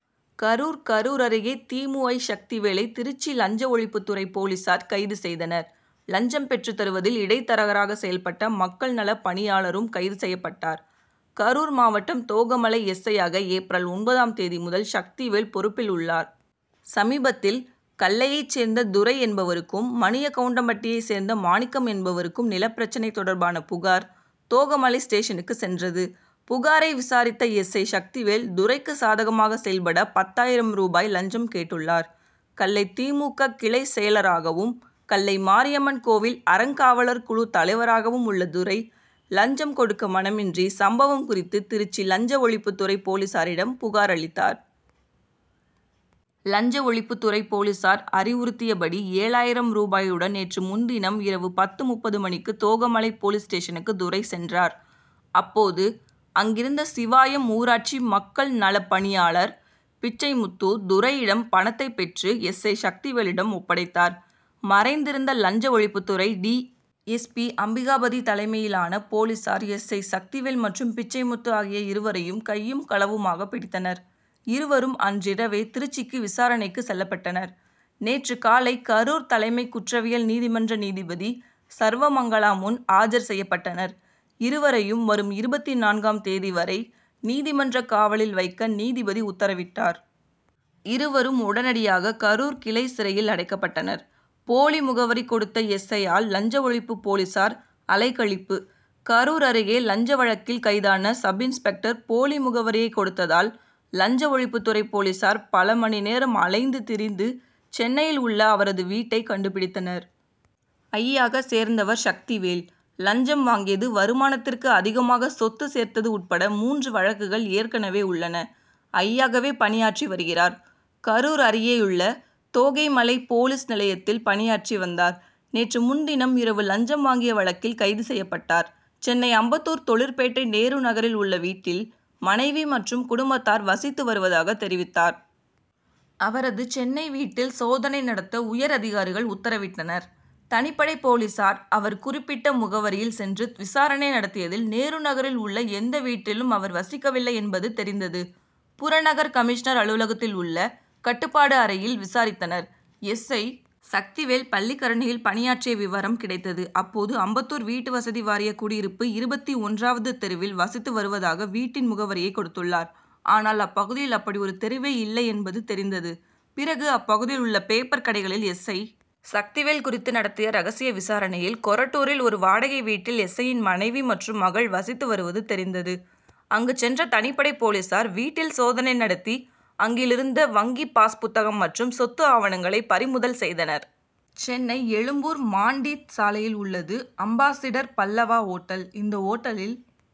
கரூர் கரூர் அருகே தி. மு. ஐ. சக்திவேலை திருச்சி லஞ்ச ஒழிப்புத்துறை போலீசார் கைது செய்தனர். லஞ்சம் பெற்றுத் தருவதில் இடைத்தரகராக செயல்பட்ட மக்கள் நலப் பணியாளரும் கைது செய்யப்பட்டார். கரூர் மாவட்டம் தோகமலை எஸ். ஐ.யாக ஏப்ரல் ஒன்பதாம் தேதி முதல் சக்திவேல் பொறுப்பில் உள்ளார். சமீபத்தில் கள்ளையைச் சேர்ந்த துரை என்பவருக்கும் மணிய கவுண்டம்பட்டியைச் சேர்ந்த மாணிக்கம் என்பவருக்கும் நிலப்பிரச்னை தொடர்பான புகார் தோகமலை ஸ்டேஷனுக்கு சென்றது. புகாரை விசாரித்த எஸ். ஐ. சக்திவேல் துரைக்கு சாதகமாக செயல்பட பத்தாயிரம் ரூபாய் லஞ்சம் கேட்டுள்ளார். கள்ளை தி. மு. க. கிளை செயலராகவும் கள்ளை மாரியம்மன் கோவில் அறங்காவலர் குழு தலைவராகவும் உள்ள துரை லஞ்சம் கொடுக்க மனமின்றி சம்பவம் குறித்து திருச்சி லஞ்ச ஒழிப்புத்துறை போலீசாரிடம் புகார் அளித்தார். லஞ்ச ஒழிப்புத் துறை போலீசார் அறிவுறுத்தியபடி ஏழாயிரம் ரூபாயுடன் நேற்று முன்தினம் இரவு பத்து முப்பது மணிக்கு தோகமலை போலீஸ் ஸ்டேஷனுக்கு துரை சென்றார். அப்போது அங்கிருந்த சிவாயம் ஊராட்சி மக்கள் நலப்பணியாளர் பிச்சைமுத்து துரையிடம் பணத்தை பெற்று எஸ். ஐ. சக்திவேலிடம் ஒப்படைத்தார். மறைந்திருந்த லஞ்ச ஒழிப்புத்துறை டி. எஸ். பி. அம்பிகாபதி தலைமையிலான போலீசார் எஸ். ஐ. சக்திவேல் மற்றும் பிச்சைமுத்து ஆகிய இருவரையும் கையும் களவுமாக பிடித்தனர். இருவரும் அன்றிரவே திருச்சிக்கு விசாரணைக்கு செல்லப்பட்டனர். நேற்று காலை கரூர் தலைமை குற்றவியல் நீதிமன்ற நீதிபதி சர்வமங்களா முன் ஆஜர் செய்யப்பட்டனர். இருவரையும் வரும் இருபத்து நான்காம் தேதி வரை நீதிமன்ற காவலில் வைக்க நீதிபதி உத்தரவிட்டார். இருவரும் உடனடியாக கரூர் கிளை சிறையில் அடைக்கப்பட்டனர். போலி முகவரி கொடுத்த எஸ். ஐ.யால் லஞ்ச ஒழிப்பு போலீசார் அலைக்கழிப்பு கரூர் அருகே லஞ்ச வழக்கில் கைதான சப்-இன்ஸ்பெக்டர் போலி முகவரியை கொடுத்ததால் லஞ்ச ஒழிப்புத்துறை போலீசார் பல மணி நேரம் அலைந்து திரிந்து சென்னையில் உள்ள அவரது வீட்டை கண்டுபிடித்தனர். ஐ.யாக சேர்ந்தவர் சக்திவேல். லஞ்சம் வாங்கியது வருமானத்திற்கு அதிகமாக சொத்து சேர்த்தது உட்பட மூன்று வழக்குகள் ஏற்கனவே உள்ளன. ஐ.யாகவே பணியாற்றி வருகிறார். கரூர் அருகேயுள்ள தோகைமலை போலீஸ் நிலையத்தில் பணியாற்றி வந்தார். நேற்று முன்தினம் இரவு லஞ்சம் வாங்கிய வழக்கில் கைது செய்யப்பட்டார். சென்னை அம்பத்தூர் தொழிற்பேட்டை நேரு நகரில் உள்ள வீட்டில் மனைவி மற்றும் குடும்பத்தார் வசித்து வருவதாக தெரிவித்தார். அவரது சென்னை வீட்டில் சோதனை நடத்த உயர் அதிகாரிகள் உத்தரவிட்டனர். தனிப்படை போலீசார் அவர் குறிப்பிட்ட முகவரியில் சென்று விசாரணை நடத்தியதில் நேருநகரில் உள்ள எந்த வீட்டிலும் அவர் வசிக்கவில்லை என்பது தெரிந்தது. புறநகர் கமிஷனர் அலுவலகத்தில் உள்ள கட்டுப்பாடு அறையில் விசாரித்தனர். எஸ். ஐ. சக்திவேல் பள்ளிக்கரணையில் பணியாற்றிய விவரம் கிடைத்தது. அப்போது அம்பத்தூர் வீட்டுவசதி வாரிய குடியிருப்பு இருபத்தி ஒன்றாவது தெருவில் வசித்து வருவதாக வீட்டின் முகவரியை கொடுத்துள்ளார். ஆனால் அப்பகுதியில் அப்படி ஒரு தெருவே இல்லை என்பது தெரிந்தது. பிறகு அப்பகுதியில் உள்ள பேப்பர் கடைகளில் எஸ். ஐ. சக்திவேல் குறித்து நடத்திய ரகசிய விசாரணையில் கொரட்டூரில் ஒரு வாடகை வீட்டில் எஸ். ஐ.யின் மனைவி மற்றும் மகள் வசித்து வருவது தெரிந்தது. அங்கு சென்ற தனிப்படை போலீசார் வீட்டில் சோதனை நடத்தி அங்கிலிருந்த வங்கி பாஸ் புத்தகம் மற்றும் சொத்து ஆவணங்களை பறிமுதல் செய்தனர். சென்னை எழும்பூர் மாண்டீத் சாலையில் உள்ளது அம்பாசிடர் பல்லவா ஓட்டல். இந்த ஓட்டலில்